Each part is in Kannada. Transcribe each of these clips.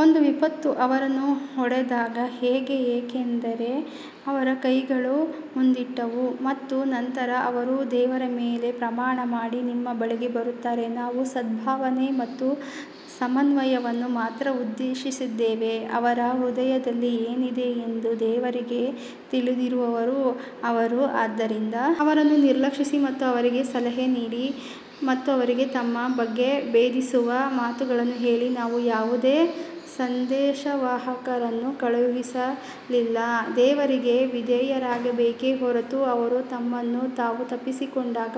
ಒಂದು ವಿಪತ್ತು ಅವರನ್ನು ಹೊಡೆದಾಗ ಹೇಗೆ, ಏಕೆಂದರೆ ಅವರ ಕೈಗಳು ಮುಂದಿಟ್ಟವು ಮತ್ತು ನಂತರ ಅವರು ದೇವರ ಮೇಲೆ ಪ್ರಮಾಣ ಮಾಡಿ ನಿಮ್ಮ ಬಳಿಗೆ ಬರುತ್ತಾರೆ ನಾವು ಸದ್ಭಾವನೆ ಮತ್ತು ಸಮನ್ವಯವನ್ನು ಮಾತ್ರ ಉದ್ದೇಶಿಸಿದ್ದೇವೆ ಅವರ ಹೃದಯದಲ್ಲಿ ಏನಿದೆ ಎಂದು ದೇವರಿಗೆ ತಿಳಿದಿರುವವರು ಅವರು ಆದ್ದರಿಂದ ಅವರನ್ನು ನಿರ್ಲಕ್ಷಿಸಿ ಮತ್ತು ಅವರಿಗೆ ಸಲಹೆ ನೀಡಿ ಮತ್ತು ಅವರಿಗೆ ತಮ್ಮ ಬಗ್ಗೆ ಭೇದಿಸುವ ಮಾತುಗಳನ್ನು ಹೇಳಿ ನಾವು ಯಾವುದೇ ಸಂದೇಶವಾಹಕರನ್ನು ಕಳುಹಿಸಲಿಲ್ಲ, ದೇವರಿಗೆ ವಿಧೇಯರಾಗಬೇಕೆ ಹೊರತು ಅವರು ತಮ್ಮನ್ನು ತಾವು ತಪ್ಪಿಸಿಕೊಂಡಾಗ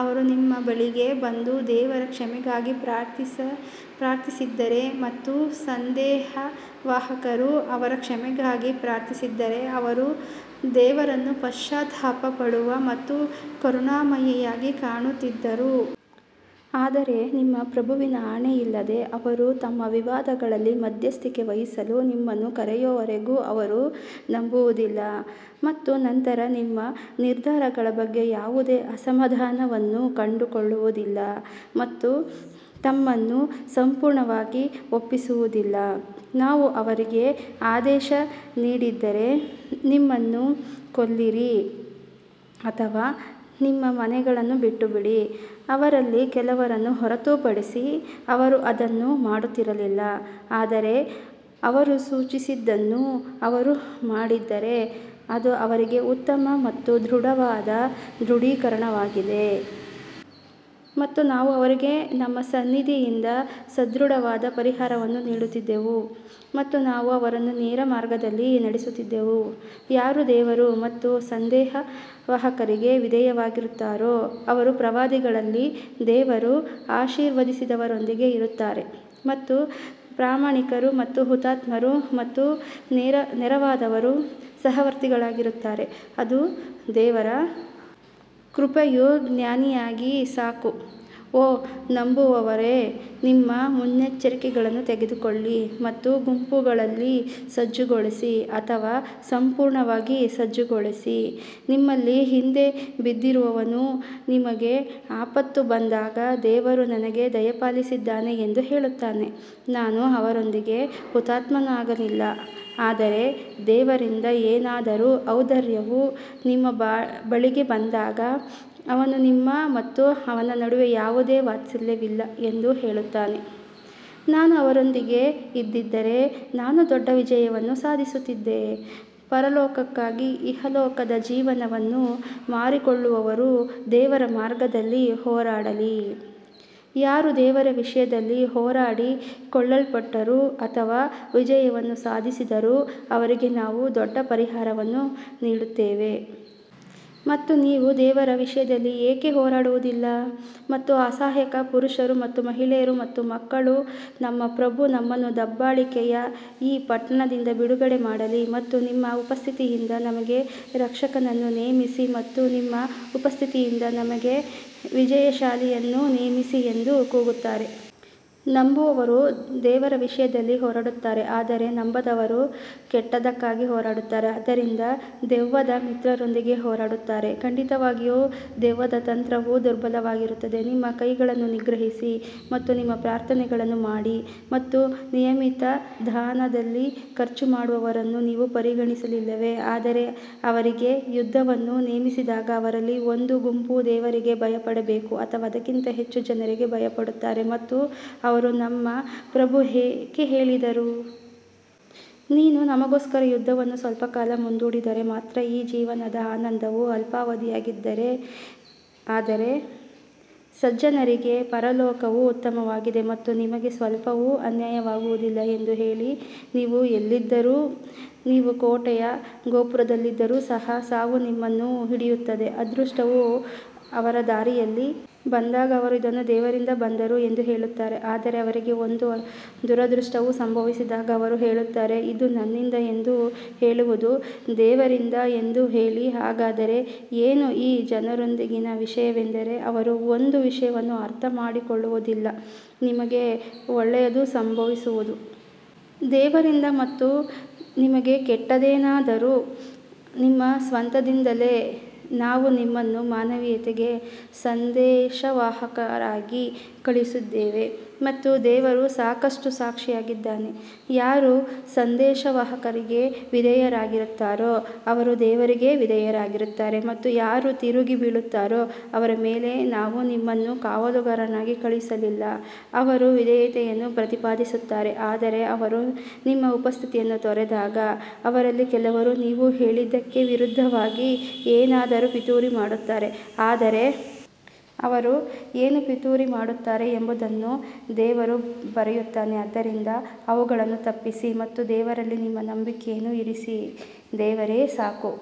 ಅವರು ನಿಮ್ಮ ಬಳಿಗೆ ಬಂದು ದೇವರ ಕ್ಷಮೆಗಾಗಿ ಪ್ರಾರ್ಥಿಸಿದ್ದರೆ ಮತ್ತು ಸಂದೇಶವಾಹಕರು ಅವರ ಕ್ಷಮೆಗಾಗಿ ಪ್ರಾರ್ಥಿಸಿದ್ದರೆ ಅವರು ದೇವರನ್ನು ಪಶ್ಚಾತ್ತಾಪ ಪಡುವ ಮತ್ತು ಕರುಣಾಮಯಿಯಾಗಿ ಕಾಣುತ್ತಿದ್ದರು. ಆದರೆ ನಿಮ್ಮ ಪ್ರಭುವಿನ ಆಣೆಯಿಲ್ಲದೆ ಅವರು ತಮ್ಮ ವಿವಾದಗಳಲ್ಲಿ ಮಧ್ಯಸ್ಥಿಕೆ ವಹಿಸಲು ನಿಮ್ಮನ್ನು ಕರೆಯುವವರೆಗೂ ಅವರು ನಂಬುವುದಿಲ್ಲ ಮತ್ತು ನಂತರ ನಿಮ್ಮ ನಿರ್ಧಾರಗಳ ಬಗ್ಗೆ ಯಾವುದೇ ಅಸಮಾಧಾನವನ್ನು ಕಂಡುಕೊಳ್ಳುವುದಿಲ್ಲ ಮತ್ತು ತಮ್ಮನ್ನು ಸಂಪೂರ್ಣವಾಗಿ ಒಪ್ಪಿಸುವುದಿಲ್ಲ. ನಾವು ಅವರಿಗೆ ಆದೇಶ ನೀಡಿದ್ದರೆ, ನಿಮ್ಮನ್ನು ಕೊಲ್ಲಿರಿ ಅಥವಾ ನಿಮ್ಮ ಮನೆಗಳನ್ನು ಬಿಟ್ಟುಬಿಡಿ, ಅವರಲ್ಲಿ ಕೆಲವರನ್ನು ಹೊರತುಪಡಿಸಿ ಅವರು ಅದನ್ನು ಮಾಡುತ್ತಿರಲಿಲ್ಲ ಆದರೆ ಅವರು ಸೂಚಿಸಿದ್ದನ್ನು ಅವರು ಮಾಡಿದ್ದರೆ ಅದು ಅವರಿಗೆ ಉತ್ತಮ ಮತ್ತು ದೃಢವಾದ ದೃಢೀಕರಣವಾಗಿದೆ. ಮತ್ತು ನಾವು ಅವರಿಗೆ ನಮ್ಮ ಸನ್ನಿಧಿಯಿಂದ ಸಮೃದ್ಧವಾದ ಪರಿಹಾರವನ್ನು ನೀಡುತ್ತಿದ್ದೆವು ಮತ್ತು ನಾವು ಅವರನ್ನು ನೇರ ಮಾರ್ಗದಲ್ಲಿ ನಡೆಸುತ್ತಿದ್ದೆವು ಯಾರು ದೇವರು ಮತ್ತು ಸಂದೇಶವಾಹಕರಿಗೆ ವಿಧೇಯರಾಗುತ್ತಾರೋ ಅವರು ಪ್ರವಾದಿಗಳಲ್ಲಿ ದೇವರು ಆಶೀರ್ವದಿಸಿದವರೊಂದಿಗೆ ಇರುತ್ತಾರೆ ಮತ್ತು ಪ್ರಾಮಾಣಿಕರು ಮತ್ತು ಹುತಾತ್ಮರು ಮತ್ತು ನೇರವಾದವರು ಸಹವರ್ತಿಗಳಾಗಿರುತ್ತಾರೆ. ಅದು ದೇವರ ಕೃಪೆಯು ಜ್ಞಾನಿಯಾಗಿ ಸಾಕು ಓ ನಂಬುವವರೇ ನಿಮ್ಮ ಮುನ್ನೆಚ್ಚರಿಕೆಗಳನ್ನು ತೆಗೆದುಕೊಳ್ಳಿ ಮತ್ತು ಗುಂಪುಗಳಲ್ಲಿ ಸಜ್ಜುಗೊಳಿಸಿ ಅಥವಾ ಸಂಪೂರ್ಣವಾಗಿ ಸಜ್ಜುಗೊಳಿಸಿ ನಿಮ್ಮಲ್ಲಿ ಹಿಂದೆ ಬಿದ್ದಿರುವವನು ನಿಮಗೆ ಆಪತ್ತು ಬಂದಾಗ ದೇವರು ನನಗೆ ದಯಪಾಲಿಸಿದ್ದಾನೆ ಎಂದು ಹೇಳುತ್ತಾನೆ ನಾನು ಅವರೊಂದಿಗೆ ಹುತಾತ್ಮನಾಗಲಿಲ್ಲ ಆದರೆ ದೇವರಿಂದ ಏನಾದರೂ ಔದಾರ್ಯವು ನಿಮ್ಮ ಬಳಿಗೆ ಬಂದಾಗ ಅವನು ನಿಮ್ಮ ಮತ್ತು ಅವನ ನಡುವೆ ಯಾವುದೇ ವಾತ್ಸಲ್ಯವಿಲ್ಲ ಎಂದು ಹೇಳುತ್ತಾನೆ, ನಾನು ಅವರೊಂದಿಗೆ ಇದ್ದಿದ್ದರೆ ನಾನು ದೊಡ್ಡ ವಿಜಯವನ್ನು ಸಾಧಿಸುತ್ತಿದ್ದೆ ಪರಲೋಕಕ್ಕಾಗಿ ಇಹಲೋಕದ ಜೀವನವನ್ನು ಮಾರಿಕೊಳ್ಳುವವರು ದೇವರ ಮಾರ್ಗದಲ್ಲಿ ಹೋರಾಡಲಿ, ಯಾರು ದೇವರ ವಿಷಯದಲ್ಲಿ ಹೋರಾಡಿ ಕೊಲ್ಲಲ್ಪಟ್ಟರೂ ಅಥವಾ ವಿಜಯವನ್ನು ಸಾಧಿಸಿದರೂ ಅವರಿಗೆ ನಾವು ದೊಡ್ಡ ಪರಿಹಾರವನ್ನು ನೀಡುತ್ತೇವೆ. ಮತ್ತು ನೀವು ದೇವರ ವಿಷಯದಲ್ಲಿ ಏಕೆ ಹೋರಾಡುವುದಿಲ್ಲ ಮತ್ತು ಅಸಹಾಯಕ ಪುರುಷರು ಮತ್ತು ಮಹಿಳೆಯರು ಮತ್ತು ಮಕ್ಕಳು ನಮ್ಮ ಪ್ರಭು ನಮ್ಮನ್ನು ದಬ್ಬಾಳಿಕೆಯ ಈ ಪಟ್ಟಣದಿಂದ ಬಿಡುಗಡೆ ಮಾಡಲಿ ಮತ್ತು ನಿಮ್ಮ ಉಪಸ್ಥಿತಿಯಿಂದ ನಮಗೆ ರಕ್ಷಕನನ್ನು ನೇಮಿಸಿ ಮತ್ತು ನಿಮ್ಮ ಉಪಸ್ಥಿತಿಯಿಂದ ನಮಗೆ ವಿಜಯಶಾಲಿಯನ್ನು ನೇಮಿಸಿ ಎಂದು ಕೂಗುತ್ತಾರೆ. ನಂಬುವವರು ದೇವರ ವಿಷಯದಲ್ಲಿ ಹೋರಾಡುತ್ತಾರೆ ಆದರೆ ನಂಬದವರು ಕೆಟ್ಟದ್ದಕ್ಕಾಗಿ ಹೋರಾಡುತ್ತಾರೆ ಆದ್ದರಿಂದ ದೆವ್ವದ ಮಿತ್ರರೊಂದಿಗೆ ಹೋರಾಡುತ್ತಾರೆ, ಖಂಡಿತವಾಗಿಯೂ ದೆವ್ವದ ತಂತ್ರವು ದುರ್ಬಲವಾಗಿರುತ್ತದೆ ನಿಮ್ಮ ಕೈಗಳನ್ನು ನಿಗ್ರಹಿಸಿ ಮತ್ತು ನಿಮ್ಮ ಪ್ರಾರ್ಥನೆಗಳನ್ನು ಮಾಡಿ ಮತ್ತು ನಿಯಮಿತ ದಾನದಲ್ಲಿ ಖರ್ಚು ಮಾಡುವವರನ್ನು ನೀವು ಪರಿಗಣಿಸಲಿಲ್ಲವೇ ಆದರೆ ಅವರಿಗೆ ಯುದ್ಧವನ್ನು ನೇಮಿಸಿದಾಗ ಅವರಲ್ಲಿ ಒಂದು ಗುಂಪು ದೇವರಿಗೆ ಭಯಪಡಬೇಕು ಅಥವಾ ಅದಕ್ಕಿಂತ ಹೆಚ್ಚು ಜನರಿಗೆ ಭಯಪಡುತ್ತಾರೆ ಮತ್ತು ಅವರು ನಮ್ಮ ಪ್ರಭು ಏಕೆ ಹೇಳಿದರು? ನೀನು ನಮಗೋಸ್ಕರ ಯುದ್ಧವನ್ನು ಸ್ವಲ್ಪ ಕಾಲ ಮುಂದೂಡಿದರೆ ಮಾತ್ರ ಈ ಜೀವನದ ಆನಂದವು ಅಲ್ಪಾವಧಿಯದ್ದಾಗಿದೆ ಆದರೆ ಸಜ್ಜನರಿಗೆ ಪರಲೋಕವು ಉತ್ತಮವಾಗಿದೆ ಮತ್ತು ನಿಮಗೆ ಸ್ವಲ್ಪವೂ ಅನ್ಯಾಯವಾಗುವುದಿಲ್ಲ ಎಂದು ಹೇಳಿ ನೀವು ಎಲ್ಲಿದ್ದರೂ, ನೀವು ಕೋಟೆಯ ಗೋಪುರದಲ್ಲಿದ್ದರೂ ಸಹ ಸಾವು ನಿಮ್ಮನ್ನು ಹಿಡಿಯುತ್ತದೆ, ಅದೃಷ್ಟವು ಅವರ ದಾರಿಯಲ್ಲಿ ಬಂದಾಗ ಅವರು ಇದನ್ನು ದೇವರಿಂದ ಬಂದರು ಎಂದು ಹೇಳುತ್ತಾರೆ ಆದರೆ ಅವರಿಗೆ ಒಂದು ದುರದೃಷ್ಟವು ಸಂಭವಿಸಿದಾಗ ಅವರು ಹೇಳುತ್ತಾರೆ ಇದು ನಿನ್ನಿಂದ ಎಂದು ಹೇಳುವುದು ದೇವರಿಂದ ಎಂದು ಹೇಳಿ ಹಾಗಾದರೆ ಏನು ಈ ಜನರೊಂದಿಗಿನ ವಿಷಯವೆಂದರೆ ಅವರು ಒಂದು ವಿಷಯವನ್ನು ಅರ್ಥಮಾಡಿಕೊಳ್ಳುವುದಿಲ್ಲ ನಿಮಗೆ ಒಳ್ಳೆಯದು ಸಂಭವಿಸುವುದು ದೇವರಿಂದ ಮತ್ತು ನಿಮಗೆ ಕೆಟ್ಟದ್ದೇನಾದರೂ ನಿಮ್ಮ ಸ್ವಂತದಿಂದಲೇ ನಾವು ನಿಮ್ಮನ್ನು ಮಾನವೀಯತೆಗೆ ಸಂದೇಶವಾಹಕರಾಗಿ ಕಳುಹಿಸಿದ್ದೇವೆ ಮತ್ತು ದೇವರು ಸಾಕಷ್ಟು ಸಾಕ್ಷಿಯಾಗಿದ್ದಾನೆ ಯಾರು ಸಂದೇಶವಾಹಕರಿಗೆ ವಿಧೇಯರಾಗುತ್ತಾರೋ ಅವರು ದೇವರಿಗೆ ವಿಧೇಯರಾಗುತ್ತಾರೆ ಮತ್ತು ಯಾರು ತಿರುಗಿ ಬೀಳುತ್ತಾರೋ ಅವರ ಮೇಲೆ ನಾವು ನಿಮ್ಮನ್ನು ಕಾವಲುಗಾರನಾಗಿ ಕಳುಹಿಸಲಿಲ್ಲ ಅವರು ವಿಧೇಯತೆಯನ್ನು ಪ್ರತಿಪಾದಿಸುತ್ತಾರೆ ಆದರೆ ಅವರು ನಿಮ್ಮ ಉಪಸ್ಥಿತಿಯನ್ನು ತೊರೆದಾಗ ಅವರಲ್ಲಿ ಕೆಲವರು ನೀವು ಹೇಳಿದ್ದಕ್ಕೆ ವಿರುದ್ಧವಾಗಿ ಏನಾದರೂ ಪಿತೂರಿ ಮಾಡುತ್ತಾರೆ ಆದರೆ ಅವರು ಏನು ಪಿತೂರಿ ಮಾಡುತ್ತಾರೆ ಎಂಬುದನ್ನು ದೇವರು ಬರೆಯುತ್ತಾನೆ ಆದ್ದರಿಂದ ಅವುಗಳನ್ನು ತಪ್ಪಿಸಿ ಮತ್ತು ದೇವರಲ್ಲಿ ನಿಮ್ಮ ನಂಬಿಕೆಯನ್ನು ಇರಿಸಿ ದೇವರೇ ಸಾಕು.